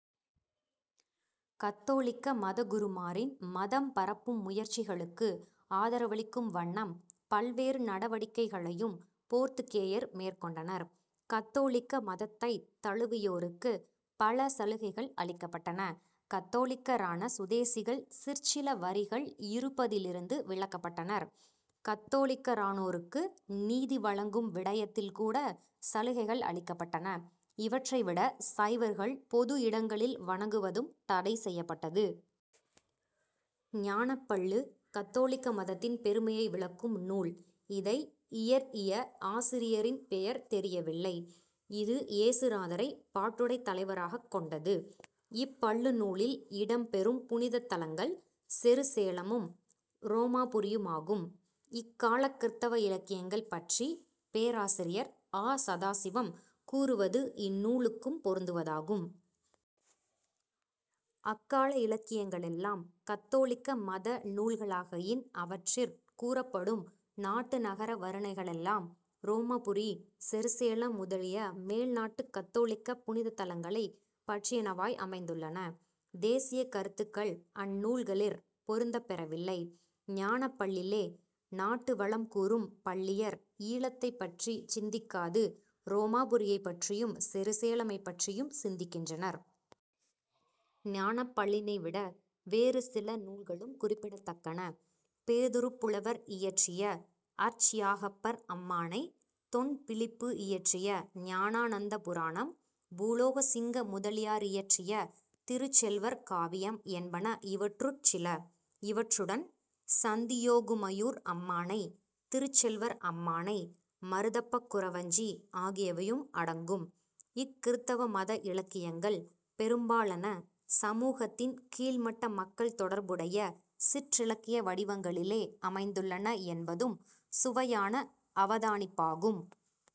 கத்தோலிக்க மதகுருமாரின் மதம்பரப்பும் முயற்சிகளுக்கு ஆதரவளிக்கும் வண்ணம் பல்வேறு நடவடிக்கைகளையும் போத்துக்கேயர் மேற்கொண்டனர். கத்தோலிக்க மதத்தைத் தழுவியோருக்குப் பல சலுகைகள் அளிக்கப்பட்டன. கத்தோலிக்கரான சுதேசிகள் சிற்சில வரிகள் இறுப்பதிலிருந்து விலக்கபட்டனர். கத்தோலிக்கரானோருக்கு நீதி வழங்கும் விடயத்தில் கூட சலுகைகள் அளிக்கப்பட்டன. இவற்றைவிட சைவர்கள் பொது இடங்களில் வணங்குவதும் தடைசெய்யப்பட்டது. ஞானப்பள்ளு கத்தோலிக்க மதத்தின் பெருமையை விளக்கும் நூல். இதை இயற்யிய ஆசிரியரின் பெயர் தெரியவில்லை. இது இயேசுநாதரைப் பாட்டுடைத் தலைவராகக் கொண்டது. இப் பள்ளு நூலில் இடம் பெறும் புனிதத் தலங்கள் செரு சேலமும் உரோமாபுரியுமாகும். இக்காலக் கிறித்தவ இலக்கியங்கள் பற்றி பேராசிரியர் ஆ. சதாசிவம் கூறுவது இந்நூலுக்கும் பொருந்துவதாகும். "அக்கால இலக்கியங்களெல்லாம் கத்தோலிக்க மத நூல்களாகையின் அவற்றிற் கூறப்படும் நாட்டு நகர வருணனைகளெல்லாம் உரோமாபுரி செருசேலம் முதலிய மேல் நாட்டுக் கத்தோலிக்க புனித தலங்களைப் பற்றியனவாய் அமைந்துள்ளன. தேசியக் கருத்துக்கள் அந் நூல்களிற் பொருந்தப்பெறவில்லை. ஞானப்பள்ளிலே நாட்டு வளம் கூறும் பள்ளியர் ஈழத்தைப் பற்றிச் சிந்திக்காது உரோமாபுரியைப் பற்றியும் செருசேலமைப் பற்றியும் சிந்திக்கின்றனர். ஞானப்பள்ளினைவிட வேறு சில நூல்களும் குறிப்பிடத்தக்கன. பேதுருப்புலவர் இயற்றிய அர்ச்யாகப்பர் அம்மானை, தொன்பிலிப்பு இயற்றிய ஞானானந்தபுராணம், பூலோக சிங்க முதலியாரியற்றிய திருச்செல்வர் காவியம் என்பன இவற்றுட் சில. இவற்றுடன் சந்தியோகுமையூர் அம்மானை, திருச்செல்வர் அம்மானை, மருதப்பக்குறவஞ்சி ஆகியவையும் அடங்கும். இக் கிறித்தவ மத இலக்கியங்கள் பெரும்பாலன சமூகத்தின் கீழ்மட்ட மக்கள் தொடர்புடைய சிற்றிலக்கிய வடிவங்களிலே அமைந்துள்ளன என்பதும் சுவையான அவதானிப்பாகும்.